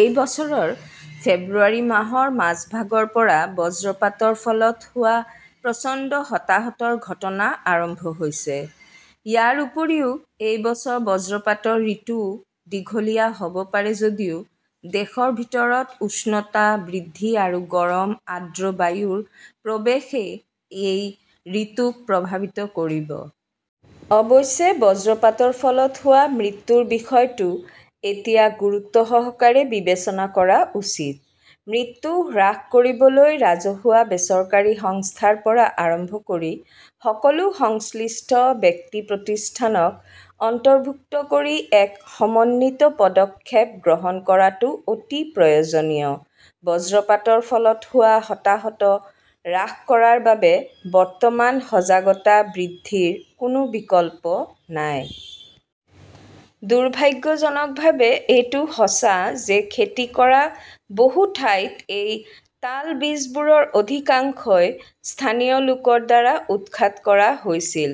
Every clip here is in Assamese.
এই বছৰৰ ফেব্ৰুৱাৰী মাহৰ মাজভাগৰ পৰা বজ্ৰপাতৰ ফলত হোৱা প্ৰচণ্ড হতাহতৰ ঘটনা আৰম্ভ হৈছে। ইয়াৰ উপৰিও, এই বছৰ বজ্ৰপাতৰ ঋতুও দীঘলীয়া হ'ব পাৰে যদিও দেশৰ ভিতৰত উষ্ণতা বৃদ্ধি আৰু গৰম আৰ্দ্ৰ বায়ুৰ প্ৰৱেশেই এই ঋতুক প্ৰভাৱিত কৰিব। অৱশ্যে, বজ্ৰপাতৰ ফলত হোৱা মৃত্যুৰ বিষয়টো এতিয়া গুৰুত্বসহকাৰে বিবেচনা কৰা উচিত। মৃত্যু হ্ৰাস কৰিবলৈ ৰাজহুৱা-বেচৰকাৰী সংস্থাৰ পৰা আৰম্ভ কৰি সকলো সংশ্লিষ্ট ব্যক্তি-প্ৰতিষ্ঠানক অন্তৰ্ভুক্ত কৰি এক সমন্বিত পদক্ষেপ গ্ৰহণ কৰাটো অতি প্ৰয়োজনীয়। বজ্ৰপাতৰ ফলত হোৱা হতাহত হ্ৰাস কৰাৰ বাবে বৰ্তমান সজাগতা বৃদ্ধিৰ কোনো বিকল্প নাই। দুৰ্ভাগ্যজনকভাৱে এইটো সঁচা যে খেতি কৰা বহু ঠাইত এই তালবীজবোৰৰ অধিকাংশই স্থানীয় লোকৰ দ্বাৰা উৎখাত কৰা হৈছিল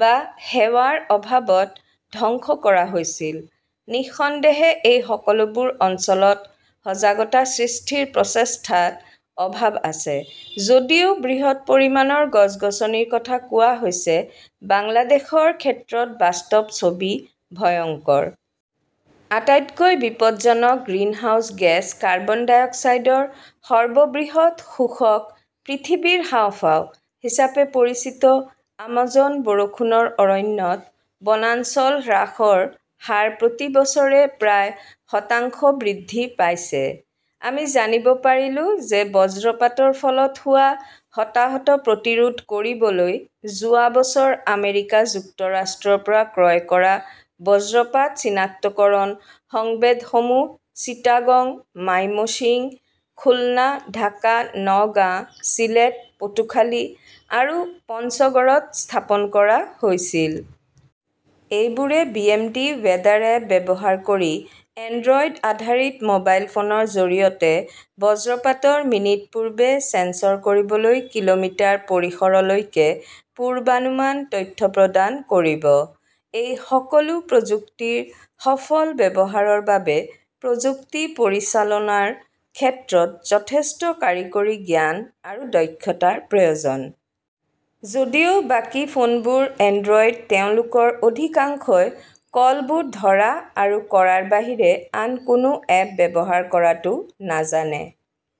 বা সেৱাৰ অভাৱত ধ্বংস কৰা হৈছিল। নিঃসন্দেহে এই সকলোবোৰ অঞ্চলত সজাগতা সৃষ্ঠিৰ প্ৰচেষ্ঠাত অভাৱ আছে। যদিও বৃহৎ পৰিমাণৰ গছ-গছনিৰ কথা কোৱা হৈছে, বাংলাদেশৰ ক্ষেত্ৰত বাস্তৱ ছবি ভয়ংকৰ। আটাইতকৈ বিপদজনক গ্ৰিনহাউজ গেছ কাৰ্বন-ডাই অক্সাইডৰ সৰ্ববৃহৎ শোষক পৃথিৱীৰ হাঁওফাঁও হিচাপে পৰিচিত আমাজন বৰষুণৰ অৰণ্যত বনাঞ্চল হ্ৰাসৰ হাৰ প্ৰতি বছৰে প্ৰায় শতাংশ বৃদ্ধি পাইছে। আমি জানিব পাৰিলো যে বজ্ৰপাতৰ ফলত হোৱা হতাহত প্ৰতিৰোধ কৰিবলৈ যোৱা বছৰ আমেৰিকা যুক্তৰাষ্ট্ৰৰ পৰা ক্ৰয় কৰা বজ্ৰপাত চিনাক্তকৰণ সংবেদসমূহ চিটাগং, মাইমশ্বিং, খুলনা, ঢাকা, নওগাঁ, চিলেট, পটুখালি আৰু পঞ্চগড়ত স্থাপন কৰা হৈছিল। এইবোৰে বিএমডি ৱেদাৰ এপ ব্যৱহাৰ কৰি এণ্ড্ৰইড-আধাৰিত মোবাইল ফোনৰ জৰিয়তে বজ্ৰপাতৰ মিনিট পূৰ্বে ছেন্সৰ কৰিবলৈ কিলোমিটাৰ পৰিসৰলৈকে পূৰ্বানুমান তথ্য প্ৰদান কৰিব। এই সকলো প্ৰযুক্তিৰ সফল ব্যৱহাৰৰ বাবে প্ৰযুক্তি পৰিচালনাৰ ক্ষেত্ৰত যথেষ্ট কাৰিকৰী জ্ঞান আৰু দক্ষতাৰ প্ৰয়োজন। যদিও বাকী ফোনবোৰ এণ্ড্ৰইড, তেওঁলোকৰ অধিকাংশই কলবোৰ ধৰা আৰু কৰাৰ বাহিৰে আন কোনো এপ ব্যৱহাৰ কৰাটো নাজানে।